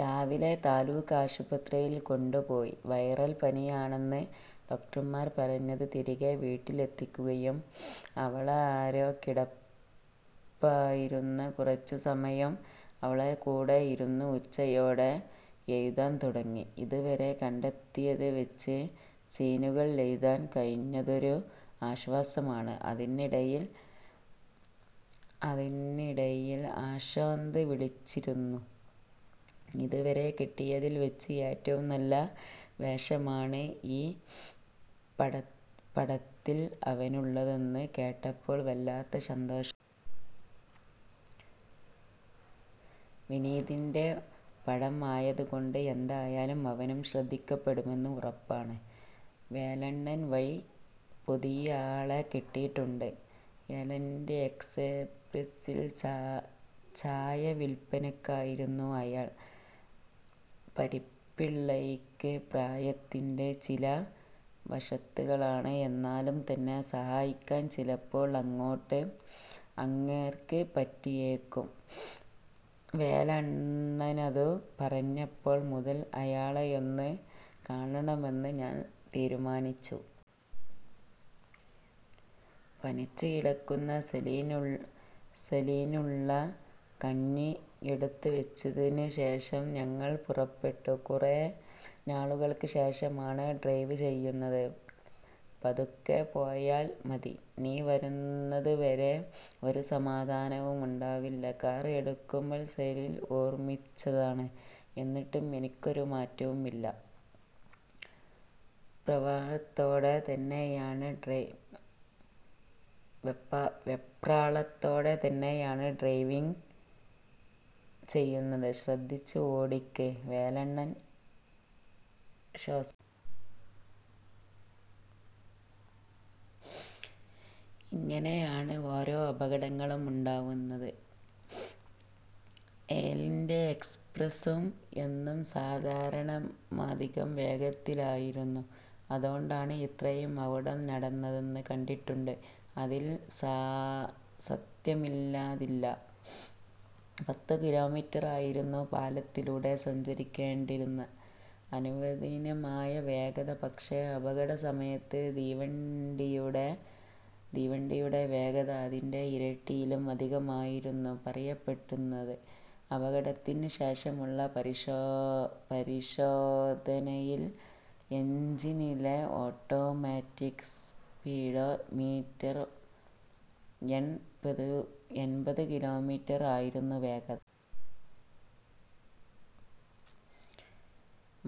രാവിലെ താലൂക്കാശുപത്രീല് കൊണ്ടുപോയി. Viral പനിയാണെന്നാണ് doctor പറഞ്ഞത്. തിരികെ വീട്ടിലെത്തിയെങ്കിലും അവളൊരേ കിടപ്പായിരുന്നു. കുറച്ചു സമയം അവളുടെകൂടെ ഇരുന്നു. ഉച്ചയോടെ എഴുതാൻ തുടങ്ങി. ഇതുവരെ കണ്ടെത്തിയതുവെച്ച് സീനുകൾ എഴുതാൻ കഴിഞ്ഞതൊരു ആശ്വാസമാണ്. അതിനിടയിൽ അശ്വന്ത് വിളച്ചിരുന്നു. ഇതുവരെ കിട്ടിയതിൽവെച്ച് ഏറ്റവും നല്ല വേഷമാണ് ഈ പടത്തിൽ അവനുള്ളതെന്നു കേട്ടപ്പോൾ വല്ലാത്ത സന്തോഷം തോന്നി. വിനീതിന്റെ പടം ആയതുകൊണ്ട് എന്തായാലും അവനും ശ്രദ്ധിക്കപ്പെടുമെന്നു ഉറപ്പാണ്. വേലണ്ണൻ വഴി പുതിയൊരാളെ കിട്ടിയിട്ടുണ്ട്. ഐലന്റ് എക്സ്പ്രസിൽ ചായ വിൽപ്പനക്കാരനായിരുന്നു അയാൾ. "പാരിപ്പിള്ളയ്ക്ക് പ്രായത്തിന്റെ ചില അവശതകളൊണ്ട്. എന്നാലും തന്നെ സഹായിക്കാൻ ചിലപ്പോ അങ്ങേർക്ക് പറ്റിയേക്കും. " വേലണ്ണനതു പറഞ്ഞപ്പോൾ മുതൽ അയാളെയൊന്നു കാണാമെന്നു ഞാൻ തീരുമാനിച്ചു. പനിച്ചുകിടക്കുന്ന സെലിനുള്ള കഞ്ഞി എടുത്തുവെച്ചതിനു ശേഷം ഞങ്ങൾ പുറപ്പെട്ടു. കുറേ നാളുകൾക്ക് ശേഷമാണ് ഡ്രൈവ് ചെയ്യുന്നത്. 'പതുക്കെ പോയാല് മതി. നീ വരുന്നതുവരെ ഒരു സമാധാനവും ഉണ്ടാവില്ല' കാറ് എടുക്കുമ്പോൾ സെലിൻ ഓർമ്മിപ്പിച്ചതാണ്. എന്നിട്ടും എനിക്കൊരു മാറ്റവും ഇല്ല. വെപ്രാളത്തോടെ തന്നെയാണ് ഡ്രൈവിംഗ്. "താനൊന്നു ശ്രദ്ധിച്ച് ഓടിക്ക്", വേലണ്ണൻ ശ്വാസിച്ചു. "ഇങ്ങനാണ് ഓരോ അപകടങ്ങളും ഉണ്ടാവുന്നത്. ഐലന്റ് എക്സ്പ്രസും അന്നു സാധാരണയിലുമധികം വേഗതത്തിലായിരുന്നു. അതോണ്ടാണ് അത്രയും അപകടം നടന്നതെന്ന് കേട്ടിട്ടുണ്ട്. " "അതിൽ സത്യമില്ലാതില്ല. പത്തുകിലോമീറ്ററായിരുന്നു പാലത്തിലുടെ സഞ്ചരിക്കേണ്ടിയിരുന്ന അനുവദിനീയമായ വേഗത. പക്ഷേ, അപകട സമയത്ത് തീവണ്ടിയുടെ വേഗത അതിന്റെ ഇരട്ടിയിലും അധികമായിരുന്നെന്ന് പറയപ്പെടുന്നുണ്ട്. അപകടത്തിനു ശേഷമുള്ള പരിശോധനയിൽ എഞ്ചിനിലെ ഓട്ടോമാറ്റിക് സ്പീഡോ മീറ്ററിൽ എൺപതുകിലോമീറ്റർ ആയിരുന്നു വേഗത!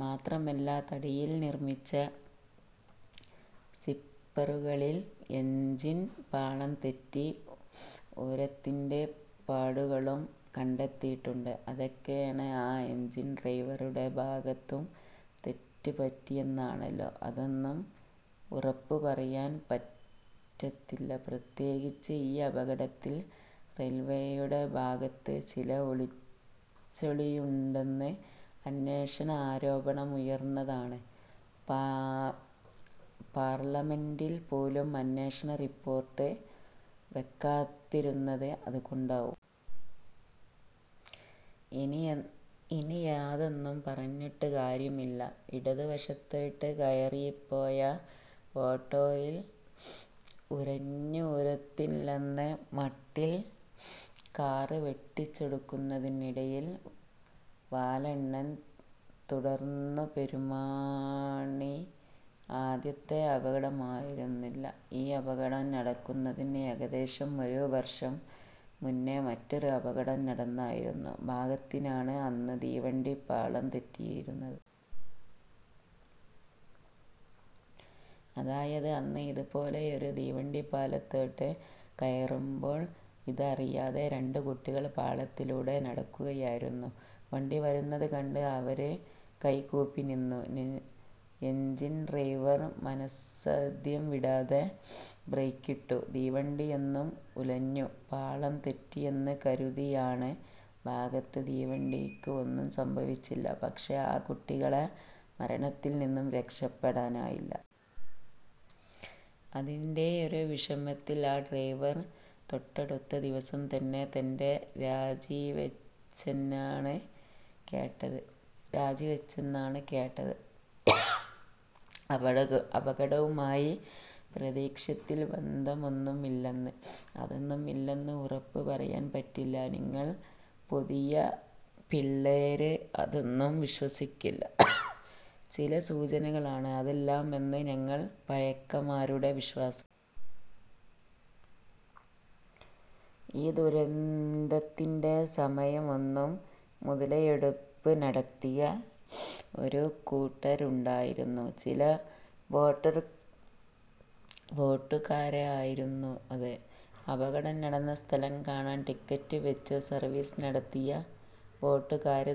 മാത്രമല്ല, തടിയിൽ നിർമിച്ച് സ്ലീപ്പറുകളിൽ എഞ്ചിൻ പാളംതെറ്റി ഉരഞ്ഞതിന്റെ പാടുകളും കണ്ടെത്തിയിട്ടുണ്ട്" "അതായത് ആ എഞ്ചിൻ ഡ്രൈവറുടെ ഭാഗത്തും തെറ്റുപറ്റിയെന്നല്ലേ? " "അതൊന്നും ഉറപ്പു പറയാൻ പറ്റത്തില്ല. പ്രത്യേകിച്ച് ഈ അപകടത്തിൽ റെയിൽവേയുടെ ഭാഗത്ത് ചില ഒളിച്ചുകളിയുണ്ടെന്ന് അന്നേ ആരോപണം ഉയർന്നതാണ്. പാർലമെൻ്റിൽ പോലും അന്വേഷണ റിപ്പോർട്ട് വെക്കാതിരുന്നത് അതുകൊണ്ടാവും. ഇനിയതൊന്നു പറഞ്ഞിട്ടു കാര്യവുമില്ല. " ഇടതു വശത്തോട്ടു കയറിപ്പോയ ഓട്ടോയിൽ ഉരഞ്ഞു ഉരഞ്ഞെന്നില്ലെന്ന മട്ടിൽ കാറ് വെട്ടിച്ചെടുക്കുന്നതിനിടയിൽ വേലണ്ണൻ തുടർന്നു. "പെരുമണിൽ ഇത് ആദ്യത്തെ അപകടമായിരുന്നില്ല. ഈ അപകടം നടക്കുന്നതിന് ഏകദേശം ഒരു വർഷം മൂന്നെ മറ്റൊരു അപകടം നടന്നായിരുന്നു. ഭാഗ്യത്തിനാണ് അന്ന് തീവണ്ടി പാളം തെറ്റാതിരുന്നത്. അതായത്; അന്ന് ഇതുപോലൊരു തീവണ്ടി പാലത്തിലോട്ടു കയറുമ്പോൾ ഇതറിയാതെ രണ്ടു കുട്ടികൾ പാളത്തിലുടെ നടക്കുകയായിരുന്നു. വണ്ടി വരുന്നതു കണ്ട് അവര് കൈകൂപ്പി നിന്നു. എഞ്ചിൻ ഡ്രൈവർ മനസ്സാന്നിദ്ധ്യം വിടാതെ ബ്രേക്കിട്ടു. തീവണ്ടിയൊന്നു ഉലഞ്ഞു. പാളം തെറ്റിയെന്നു കരുതിയതാണ്. ഭാഗ്യത്തിന് തീവണ്ടിയ്ക്ക് ഒന്നും സംഭവിച്ചില്ല. പക്ഷേ, ആ കുട്ടികളെ മരണത്തിൽ നിന്നും രക്ഷിക്കാനായില്ല. അതിന്റെയൊരു വിഷമത്തിൽ ആ ഡ്രൈവർ തൊട്ടടുത്ത ദിവസം തന്നെ തന്റെ രാജിവെച്ചെന്നാണ് കേട്ടത്. " "അതും ഈ അപകടവുമായി പ്രത്യക്ഷത്തിൽ ബന്ധമൊന്നും ഇല്ലന്നേ. " "അതൊന്നും ഇല്ലെന്നു ഉറപ്പു പറയാൻ പറ്റില്ല. നിങ്ങള് പുതിയ പിള്ളാര് അതൊന്നു വിശ്വസിക്കില്ല. ചില സൂചനകളാണ് ഇതെല്ലാമെന്നാണ് ഞങ്ങൾ പഴമക്കാരുടെ വിശ്വാസം. ഈ ദുരന്തത്തിൻ്റെ സമയത്തും മുതലെടുപ്പ് നടത്തിയ ഒരുകൂട്ടര് ഉണ്ടായിരുന്നു. ചില ബോട്ടുകാരായിരുന്നത്. അപകടം നടന്ന സ്ഥലം കാണാൻ ടിക്കറ്റുവെച്ചു സർവീസ് നടത്തിയ ബോട്ടുകാര്!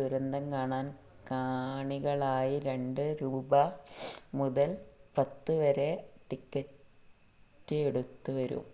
ദുരന്തം കാണാൻ കാണികളായി രണ്ടു രൂപ മുതൽ പത്തുരൂപവരെ ടിക്കറ്റെടുത്തവരും.